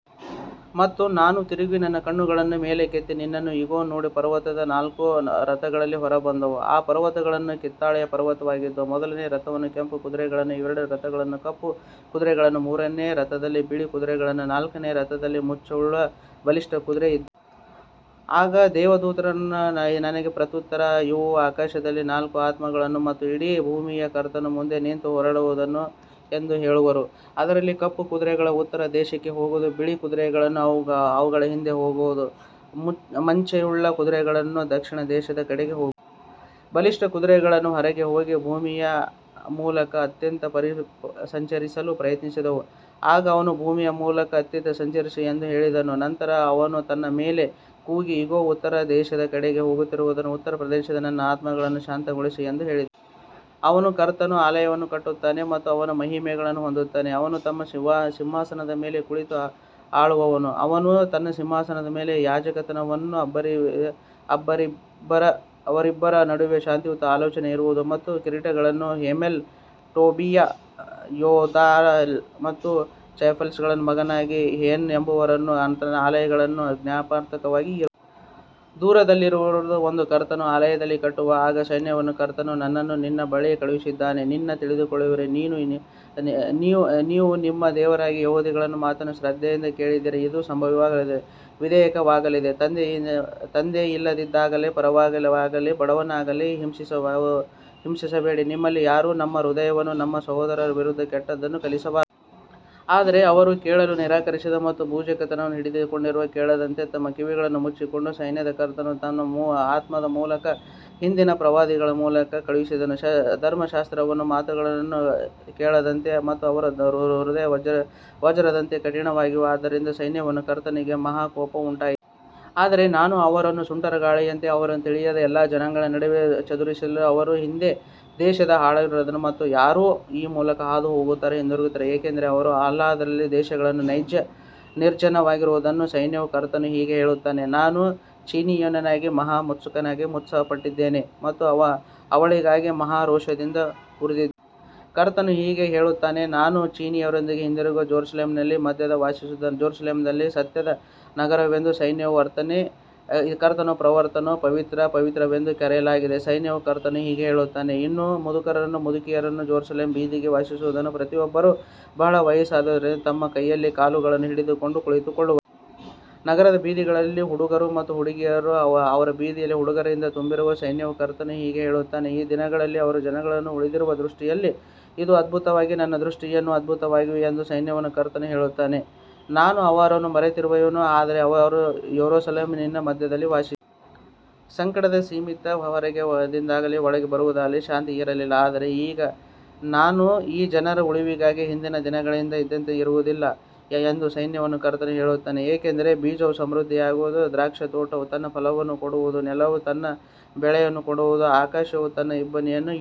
ಮತ್ತು ನಾನು ತಿರುಗಿ ನನ್ನ ಕಣ್ಣುಗಳನ್ನು ಮೇಲಕ್ಕೆತ್ತಿ ನೋಡಿದೆನು. ಇಗೋ, ಎರಡು ಪರ್ವತಗಳ ನಡುವೆ ನಾಲ್ಕು ರಥಗಳು ಹೊರಬಂದವು ಮತ್ತು ಆ ಪರ್ವತಗಳು ಹಿತ್ತಾಳೆಯ ಪರ್ವತಗಳಾಗಿದ್ದವು. ಮೊದಲನೆಯ ರಥದಲ್ಲಿ ಕೆಂಪು ಕುದುರೆಗಳೂ, ಎರಡನೆಯ ರಥದಲ್ಲಿ ಕಪ್ಪು ಕುದುರೆಗಳೂ, ಮೂರನೆಯ ರಥದಲ್ಲಿ ಬಿಳಿ ಕುದುರೆಗಳೂ, ನಾಲ್ಕನೆಯ ರಥದಲ್ಲಿ ಮಚ್ಚೆಯುಳ್ಳ ಮತ್ತು ಬಲಿಷ್ಠ ಕುದುರೆಗಳೂ ಇದ್ದವು. ಆಗ ದೇವದೂತನು ನನಗೆ ಪ್ರತ್ಯುತ್ತರವಾಗಿ, ಇವು ಆಕಾಶದ ನಾಲ್ಕು ಆತ್ಮಗಳು, ಇವು ಇಡೀ ಭೂಮಿಯ ಕರ್ತನ ಮುಂದೆ ನಿಂತು ಹೊರಡುವವು ಎಂದು ಹೇಳಿದನು. ಅದರಲ್ಲಿರುವ ಕಪ್ಪು ಕುದುರೆಗಳು ಉತ್ತರ ದೇಶಕ್ಕೆ ಹೋಗುತ್ತವೆ ಮತ್ತು ಬಿಳಿ ಕುದುರೆಗಳು ಅವುಗಳ ಹಿಂದೆ ಹೋಗುತ್ತವೆ. ಮಚ್ಚೆಯುಳ್ಳ ಕುದುರೆಗಳು ದಕ್ಷಿಣ ದೇಶದ ಕಡೆಗೆ ಹೋಗುತ್ತವೆ. ಬಲಿಷ್ಠ ಕುದುರೆಗಳು ಹೊರಗೆ ಹೋಗಿ ಭೂಮಿಯ ಮೂಲಕ ಅತ್ತಿತ್ತ ಸಂಚರಿಸಲು ಪ್ರಯತ್ನಿಸಿದವು. ಆಗ ಅವನು, ಭೂಮಿಯ ಮೂಲಕ ಅತ್ತಿತ್ತ ಸಂಚರಿಸಿರಿ ಎಂದು ಹೇಳಿದನು. ನಂತರ ಅವನು ನನ್ನ ಮೇಲೆ ಕೂಗಿ, ಇಗೋ, ಉತ್ತರ ದೇಶದ ಕಡೆಗೆ ಹೋಗುವವರು ಉತ್ತರ ದೇಶದಲ್ಲಿ ನನ್ನ ಆತ್ಮವನ್ನು ಶಾಂತಗೊಳಿಸಿದ್ದಾರೆ ಎಂದು ಹೇಳಿದನು. ಅವನು ಕರ್ತನ ಆಲಯವನ್ನು ಕಟ್ಟುವನು ಮತ್ತು ಅವನು ಮಹಿಮೆಯನ್ನು ಹೊಂದುವನು. ಅವನು ತನ್ನ ಸಿಂಹಾಸನದ ಮೇಲೆ ಕುಳಿತು ಆಳುವನು ಮತ್ತು ಅವನು ತನ್ನ ಸಿಂಹಾಸನದ ಮೇಲೆ ಯಾಜಕನಾಗಿರುವನು. ಅವರಿಬ್ಬರ ನಡುವೆ ಶಾಂತಿಯ ಆಲೋಚನೆ ಇರುವುದು. ಮತ್ತು ಕಿರೀಟಗಳು ಹೆಲೆಮ್, ಟೋಬೀಯ, ಯೆದಾಯ ಮತ್ತು ಚೆಫನ್ಯನ ಮಗನಾದ ಹೆನ್ ಎಂಬುವರಿಗೆ ಕರ್ತನ ಆಲಯದಲ್ಲಿ ಜ್ಞಾಪಕಾರ್ಥವಾಗಿ ಇರುತ್ತವೆ. ದೂರದಲ್ಲಿರುವವರು ಬಂದು ಕರ್ತನ ಆಲಯವನ್ನು ಕಟ್ಟುವರು. ಆಗ ಸೈನ್ಯಗಳ ಕರ್ತನು ನನ್ನನ್ನು ನಿಮ್ಮ ಬಳಿಗೆ ಕಳುಹಿಸಿದ್ದಾನೆಂದು ನೀವು ತಿಳಿದುಕೊಳ್ಳುವಿರಿ. ನೀವು ನಿಮ್ಮ ದೇವರಾದ ಯೆಹೋವನ ಮಾತನ್ನು ಶ್ರದ್ಧೆಯಿಂದ ಕೇಳಿದರೆ ಇದು ಸಂಭವಿಸುವುದು. ವಿಧವೆಯನ್ನಾಗಲಿ, ತಂದೆಯಿಲ್ಲದವನನ್ನಾಗಲಿ, ಪರದೇಶಿಯನ್ನಾಗಲಿ ಅಥವಾ ಬಡವನನ್ನಾಗಲಿ ಹಿಂಸಿಸಬೇಡಿ. ನಿಮ್ಮಲ್ಲಿ ಯಾರೂ ತನ್ನ ಹೃದಯದಲ್ಲಿ ತನ್ನ ಸಹೋದರನ ವಿರುದ್ಧ ಕೆಟ್ಟದ್ದನ್ನು ಕಲ್ಪಿಸಿಕೊಳ್ಳಬಾರದು. ಆದರೆ ಅವರು ಕೇಳಲು ನಿರಾಕರಿಸಿದರು ಮತ್ತು ತಮ್ಮ ಭುಜಗಳನ್ನು ಹಿಂಡಿಕೊಂಡರು ಮತ್ತು ಕೇಳದಂತೆ ತಮ್ಮ ಕಿವಿಗಳನ್ನು ಮುಚ್ಚಿಕೊಂಡರು. ಸೈನ್ಯಗಳ ಕರ್ತನು ತನ್ನ ಆತ್ಮದ ಮೂಲಕ ಹಿಂದಿನ ಪ್ರವಾದಿಗಳ ಮೂಲಕ ಕಳುಹಿಸಿದ ಧರ್ಮಶಾಸ್ತ್ರವನ್ನೂ ಮಾತುಗಳನ್ನೂ ಕೇಳದಂತೆ ಅವರು ತಮ್ಮ ಹೃದಯಗಳನ್ನು ವಜ್ರದಂತೆ ಕಠಿಣಗೊಳಿಸಿಕೊಂಡರು. ಆದ್ದರಿಂದ ಸೈನ್ಯಗಳ ಕರ್ತನಿಂದ ಮಹಾ ಕೋಪವು ಉಂಟಾಯಿತು. ಆದರೆ ನಾನು ಅವರನ್ನು ಸುಂಟರಗಾಳಿಯಿಂದ ಅವರಿಗೆ ತಿಳಿಯದ ಎಲ್ಲಾ ಜನಾಂಗಗಳ ನಡುವೆ ಚದುರಿಸಿದೆನು. ಅವರ ಹಿಂದೆ ದೇಶವು ಹಾಳಾಯಿತು ಮತ್ತು ಯಾರೂ ಅದರ ಮೂಲಕ ಹಾದುಹೋಗಲಿಲ್ಲ ಅಥವಾ ಹಿಂದಿರುಗಲಿಲ್ಲ. ಏಕೆಂದರೆ ಅವರು ಆಹ್ಲಾದಕರವಾದ ದೇಶವನ್ನು ನಿರ್ಜನವಾಗಿಸಿದರು. ಸೈನ್ಯಗಳ ಕರ್ತನು ಹೀಗೆ ಹೇಳುತ್ತಾನೆ, ನಾನು ಚೀಯೋನಿಗಾಗಿ ಮಹಾ ಮತ್ಸರದಿಂದ ಮತ್ಸರಪಟ್ಟಿದ್ದೇನೆ ಮತ್ತು ಅವಳಿಗಾಗಿ ಮಹಾ ರೋಷದಿಂದ ಉರಿದಿದ್ದೇನೆ. ಕರ್ತನು ಹೀಗೆ ಹೇಳುತ್ತಾನೆ, ನಾನು ಚೀಯೋನಿಗೆ ಹಿಂದಿರುಗಿ ಯೆರೂಸಲೇಮಿನ ಮಧ್ಯದಲ್ಲಿ ವಾಸಿಸುವೆನು. ಯೆರೂಸಲೇಮನ್ನು ಸತ್ಯದ ನಗರವೆಂದೂ ಸೈನ್ಯಗಳ ಕರ್ತನ ಪರ್ವತವನ್ನು ಪವಿತ್ರ ಪರ್ವತವೆಂದೂ ಕರೆಯಲಾಗುವುದು. ಸೈನ್ಯಗಳ ಕರ್ತನು ಹೀಗೆ ಹೇಳುತ್ತಾನೆ, ಇನ್ನೂ ಮುದುಕರು ಮತ್ತು ಮುದುಕಿಯರು ಯೆರೂಸಲೇಮಿನ ಬೀದಿಗಳಲ್ಲಿ ವಾಸಿಸುವರು. ಪ್ರತಿಯೊಬ್ಬರೂ ಬಹಳ ವಯಸ್ಸಾದವರಾಗಿರುವುದರಿಂದ ತಮ್ಮ ಕೈಯಲ್ಲಿ ಕೋಲುಗಳನ್ನು ಹಿಡಿದುಕೊಂಡು ಕುಳಿತುಕೊಳ್ಳುವರು. ನಗರದ ಬೀದಿಗಳು ಹುಡುಗರು ಮತ್ತು ಹುಡುಗಿಯರು ಅದರ ಬೀದಿಗಳಲ್ಲಿ ಆಡುವುದರಿಂದ ತುಂಬಿರುವವು. ಸೈನ್ಯಗಳ ಕರ್ತನು ಹೀಗೆ ಹೇಳುತ್ತಾನೆ, ಈ ದಿನಗಳಲ್ಲಿ ಈ ಜನರಲ್ಲಿ ಉಳಿದವರ ದೃಷ್ಟಿಯಲ್ಲಿ ಇದು ಅದ್ಭುತವಾಗಿದ್ದರೆ, ನನ್ನ ದೃಷ್ಟಿಯಲ್ಲಿಯೂ ಅದು ಅದ್ಭುತವಾಗಿರಬೇಕೇ ಎಂದು ಸೈನ್ಯಗಳ ಕರ್ತನು ಹೇಳುತ್ತಾನೆ. ನಾನು ಅವರನ್ನು ಕರೆತರುವೆನು ಮತ್ತು ಅವರು ಯೆರೂಸಲೇಮಿನ ಮಧ್ಯದಲ್ಲಿ ವಾಸಿಸುವರು. ಸಂಕಟದ ನಿಮಿತ್ತ ಹೊರಗೆ ಹೋಗುವವನಿಗಾಗಲಿ ಒಳಗೆ ಬರುವವನಿಗಾಗಲಿ ಶಾಂತಿ ಇರಲಿಲ್ಲ. ಆದರೆ ಈಗ ನಾನು ಈ ಜನರ ಉಳಿದವರಿಗೆ ಹಿಂದಿನ ದಿನಗಳಲ್ಲಿ ಇದ್ದಂತೆಯೇ ಇರುವುದಿಲ್ಲ ಎಂದು ಸೈನ್ಯಗಳ ಕರ್ತನು ಹೇಳುತ್ತಾನೆ. ಏಕೆಂದರೆ ಬೀಜವು ಸಮೃದ್ಧಿಯಾಗುವುದು, ದ್ರಾಕ್ಷಿತೋಟವು ತನ್ನ ಫಲವನ್ನು ಕೊಡುವುದು, ನೆಲವು ತನ್ನ ಬೆಳೆಯನ್ನು ಕೊಡುವುದು ಮತ್ತು ಆಕಾಶವು ತನ್ನ ಇಬ್ಬನಿಯನ್ನು ಕೊಡುವುದು.